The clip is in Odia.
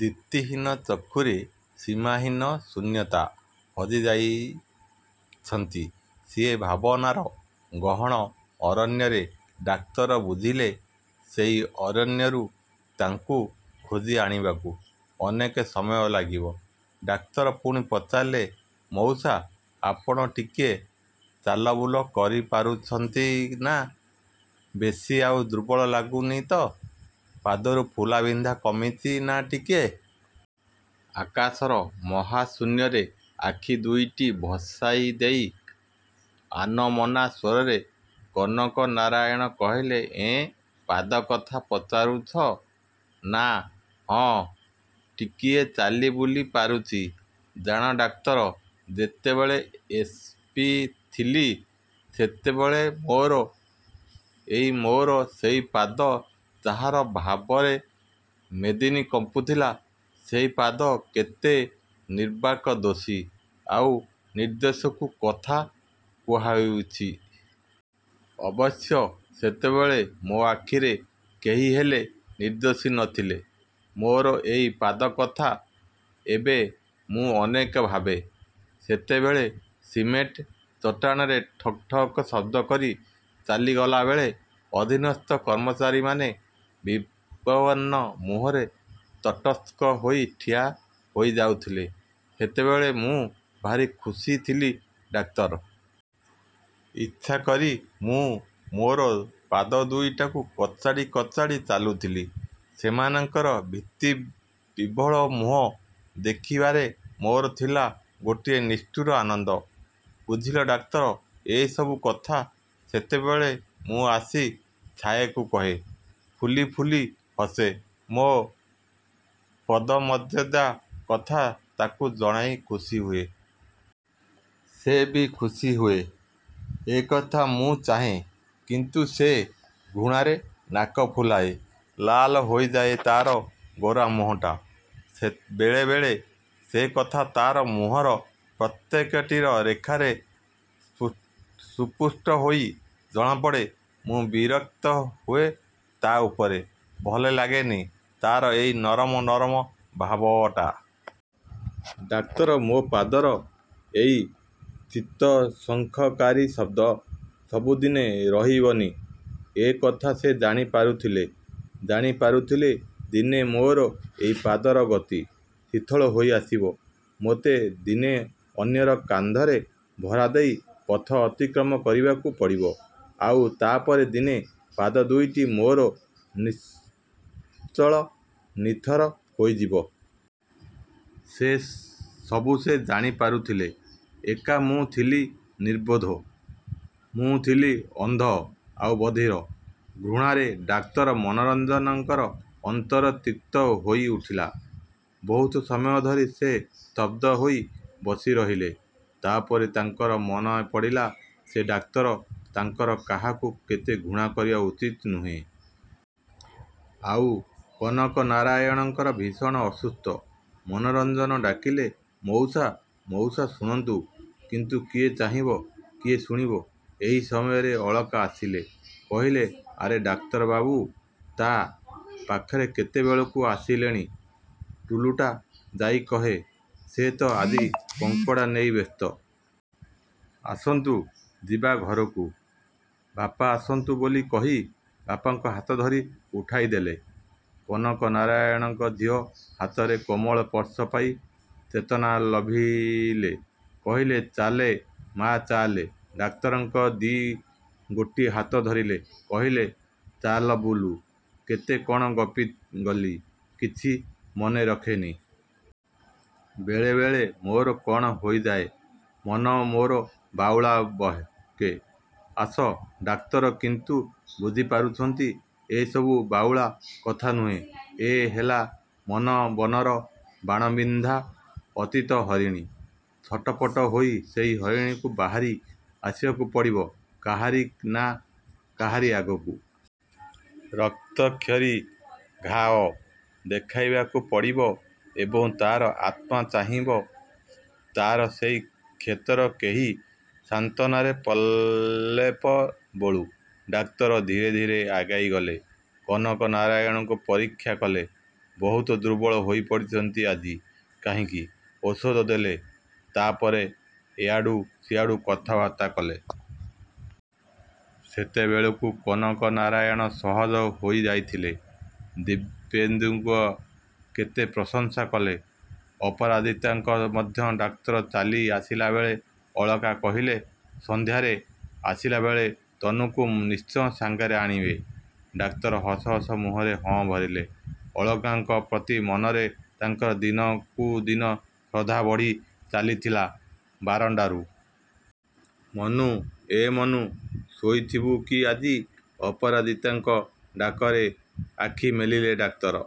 ଦିପ୍ତିହୀନ ଚକ୍ଷୁରେ ସୀମାହୀନ ଶୂନ୍ୟତା। ହଜିଯାଇଛନ୍ତି। ସିଏ ଭାବନାର ଗହନ ଅରଣ୍ୟରେ। ଡାକ୍ତର ବୁଝିଲେ ସେଇ ଅରଣ୍ୟରୁ ତାଙ୍କୁ ଖୋଜିଆଣିବାକୁ ଅନେକ ସମୟ ଲାଗିବ। ଡାକ୍ତର ପୁଣି ପଚାରିଲେ ମୋଉସା, ଆପଣ ଟିକେ ଚାଲବୁଲ କରିପାରୁଛନ୍ତି ନା? ବେଶି ଆଉ ଦୁର୍ବଳ ଲାଗୁନି ତ? ପାଦରୁ ଫୁଲାବିନ୍ଧା କମିଛି ନା ଟିକେ? ଆକାଶର ମହାଶୂନ୍ୟରେ ଆଖିଦୁଇଟି ଭସାଇଦେଇ ଆନମନା ସ୍ୱରରେ କନକନାରାୟଣ କହିଲେ ଏଁ, ପାଦକଥା ପଚାରୁଛ? ନାଁ, ହଁ, ଟିକିଏ ଚାଲିବୁଲି ପାରୁଛି। ଜାଣ ଡାକ୍ତର, ଯେତେବେଳେ ଏସ. ପି. ଥିଲି ସେତେବେଳେ ମୋର ଏଇ ମୋର ସେଇ ପାଦ, ଯାହାର ଭାରରେ ମେଦିନୀ କମ୍ପୁଥିଲା। ସେଇ ପାଦ କେତେ ନିର୍ବାକ ଦୋଷୀ ଆଉ ନିର୍ଦ୍ଦୋଷକୁ କଥା କୁହାଇଛି। ଅବଶ୍ୟ ସେତେବେଳେ ମୋ ଆଖିରେ କେହିହେଲେ ନିର୍ଦ୍ଦୋଷୀ ନ ଥିଲେ। ମୋର ଏଇ ପାଦକଥା ଏବେ ମୁଁ ଅନେକ ଭାବେ। ସେତେବେଳେ ସିମେଣ୍ଟ ଚଟାଣରେ ଠକ୍ ଠକ୍ ଶବ୍ଦ କରି ଚାଲିଗଲାବେଳେ ଅଧିନସ୍ଥ କର୍ମଚାରୀମାନେ ବିବର୍ଣ୍ଣ ମୁହଁରେ ତଟସ୍ଥ ହୋଇ ଠିଆ ହୋଇଯାଉଥିଲେ। ସେତେବେଳେ ମୁଁ ଭାରି ଖୁସିଥିଲି ଡାକ୍ତର। ଇଚ୍ଛାକରି ମୁଁ ମୋର ପାଦଦୁଇଟିକୁ କଚାଡ଼ି କଚାଡ଼ି ଚାଲୁଥିଲି। ସେମାନଙ୍କର ଭୀତିବିହ୍ୱଳ ମୁହଁ ଦେଖିବାରେ ମୋର ଥିଲା ଗୋଟାଏ ନିଷ୍ଠୁର ଆନନ୍ଦ। ବୁଝିଲ ଡାକ୍ତର, ଏଇସବୁ କଥା ସେତେବେଳେ ମୁଁ ଆସି ଛାୟାକୁ କହେ। ଫୁଲି ଫୁଲି ହସେ। ମୋ ପଦମର୍ଯ୍ୟାଦା କଥା ତାକୁ ଜଣାଇ ଖୁସିହୁଏ। ସେ ବି ଖୁସିହେଉ। ଏଇଆ ମୁଁ ଚାହେଁ। କିନ୍ତୁ ସେ ଘୃଣାରେ ନାକ ଫୁଲାଏ। ଲାଲ ହୋଇଯାଏ ତା'ର ଗୋରା ମୁହଁଟା। ସେ ବେଳେବେଳେ ସେକଥା ତା'ର ମୁହଁର ପ୍ରତ୍ୟେକଟି ରେଖାରେ ସୁସ୍ପୁଷ୍ଟ ହୋଇ ଜଣାପଡ଼େ। ମୁଁ ବିରକ୍ତ ହୁଏ ତା' ଉପରେ। ଭଲଲାଗେନି ତା'ର ଏଇ ନରମ ନରମ ଭାବଟା। ଡାକ୍ତର, ମୋ ପାଦର ଏଇ ଚିତ୍ତଶଙ୍କାକାରୀ ଶବ୍ଦ ସବୁଦିନେ ରହିବନି ଏ କଥା ସେ ଜାଣିପାରୁଥିଲେ। ଜାଣିପାରୁଥିଲେ ଦିନେ ମୋର ଏଇ ପାଦର ଗତି ଶିଥିଳ ହୋଇଆସିବ। ମୋତେ ଦିନେ ଅନ୍ୟର କାନ୍ଧରେ ଭରା ଦେଇ ପଥ ଅତିକ୍ରମ କରିବାକୁ ପଡ଼ିବ। ଆଉ ତା'ପରେ ଦିନେ ପାଦଦୁଇଟି ମୋର ନିଶ୍ଚଳ, ନିଥର ହୋଇଯିବ। ସେ ସବୁ ସେ ଜାଣିପାରୁଥିଲେ। ଏକା ମୁଁ ଥିଲି ନିର୍ବୋଧ, ମୁଁ ଥିଲି ଅନ୍ଧ, ଆଉ ବଧିର। ଘୃଣାରେ ଡାକ୍ତର ମନୋରଞ୍ଜନଙ୍କର ଅନ୍ତର ତିକ୍ତ ହୋଇଉଠିଲା। ବହୁତ ସମୟ ଧରି ସେ ସ୍ତବ୍ଧ ହୋଇ ବସିରହିଲେ। ତା'ପରେ ତାଙ୍କର ମନେପଡ଼ିଲା ସେ ଡାକ୍ତର, ତାଙ୍କର କାହାକୁ ହେଲେ ଘୃଣା କରିବା ଉଚିତ ନୁହେଁ। ଆଉ କନକନାରାୟଣ ଭୀଷଣ ଅସୁସ୍ଥ। ମନୋରଞ୍ଜନ ଡାକିଲେ ମୋଉସା, ମୋଉସା ଶୁଣନ୍ତୁ। କିନ୍ତୁ କିଏ ଚାହିଁବ, କିଏ ଶୁଣିବ! ଏହି ସମୟରେ ଅଳକା ଆସିଲେ। କହିଲେ, ଆରେ ଡାକ୍ତରବାବୁ ତ! ଆପଣ କେତେବେଳୁ ଆସିଲେଣି? ଟୁଲୁଟା ଯାଇ କହେ, ସେ ତ ଆଜି କଙ୍କଡ଼ା ନେଇ ବ୍ୟସ୍ତ। ଆସନ୍ତୁ ଯିବା ଘରକୁ। ବାପା ଆସନ୍ତୁ ବୋଲି କହି ବାପାଙ୍କ ହାତ ଧରି ଉଠାଇଦେଲେ। କନକନାରାୟଣ ଝିଅ ହାତର କୋମଳ ସ୍ପର୍ଶ ପାଇ ଚେତନା ଲଭିଲେ। କହିଲେ ଚାଲେ ମା', ଚାଲେ। ଡାକ୍ତରଙ୍କର ବି ଗୋଟିଏ ହାତ ଧରିଲେ। କହିଲେ, ଚାଲ ବୁଲୁ। କେତେ କ'ଣ ଗପିଗଲି କିଛି ମନେକରନି। ବେଳେବେଳେ ମୋର କ'ଣ ହୋଇଯାଏ। ମନ ମୋର ବାଉଳା ବକେ। ଆସ। ଡାକ୍ତର କିନ୍ତୁ ବୁଝିପାରିଛନ୍ତି ଏ ସବୁ ବାଉଳା କଥା ନୁହେଁ। ଏ ହେଲା ମନ ବନର ବାଣବିଦ୍ଧା ଅତୀତ ହରିଣୀ। ଛଟପଟ ହୋଇ ସେଇ ହରିଣୀକୁ ବାହାରି ଆସିବାକୁ ପଡ଼ିବ କାହାରି ନା କାହାରି ଆଗକୁ। ରକ୍ତକ୍ଷରୀ ଘାଆ ଦେଖାଇବାକୁ ପଡ଼ିବ ଏବଂ ତା'ର ଆତ୍ମା ଚାହିଁବ ତା'ର ସେଇ କ୍ଷତରେ କେହି ସାନ୍ତ୍ୱନାର ପ୍ରଲେପ ବୋଳୁ। ଡାକ୍ତର ଧୀରେ ଧୀରେ ଆଗେଇଗଲେ। କନକନାରାୟଣଙ୍କୁ ପରୀକ୍ଷା କଲେ। ବହୁତ ଦୁର୍ବଳ ହୋଇପଡ଼ିଛନ୍ତି ଆଜି କାହିଁକି? ଔଷଧ ଦେଲେ। ତାପରେ ଏଆଡ଼ୁ ସେଆଡ଼ୁ କଥାବାର୍ତ୍ତା କଲେ। ସେତେବେଳକୁ କନକନାରାୟଣ ସହଜ ହୋଇଯାଇଥିଲେ। ଦିବ୍ୟେନ୍ଦୁଙ୍କର କେତେ ପ୍ରଶଂସା କଲେ। ଅପରାଜିତାଙ୍କର ମଧ୍ୟ। ଡାକ୍ତର ଚାଲି ଆସିଲାବେଳେ ଅଳକା କହିଲେ ସନ୍ଧ୍ୟାରେ ଆସିଲାବେଳେ ତନୁକୁ ନିଶ୍ଚୟ ସାଙ୍ଗରେ ଆଣିବେ। ଡାକ୍ତର ହସ ହସ ମୁହଁରେ ହଁ ଭରିଲେ। ଅଳକାଙ୍କ ପ୍ରତି ମନରେ ତାଙ୍କର ଦିନକୁଦିନ ଶ୍ରଦ୍ଧା ବଢ଼ି ଚାଲିଥିଲା। ବାରଣ୍ଡାରୁ ମନୁ, ଏ ମନୁ, ଶୋଇଥିବୁ କି ଆଜି? ଅପରାଜିତାଙ୍କ ଡାକରେ ଆଖି ମେଲିଲେ ଡାକ୍ତର।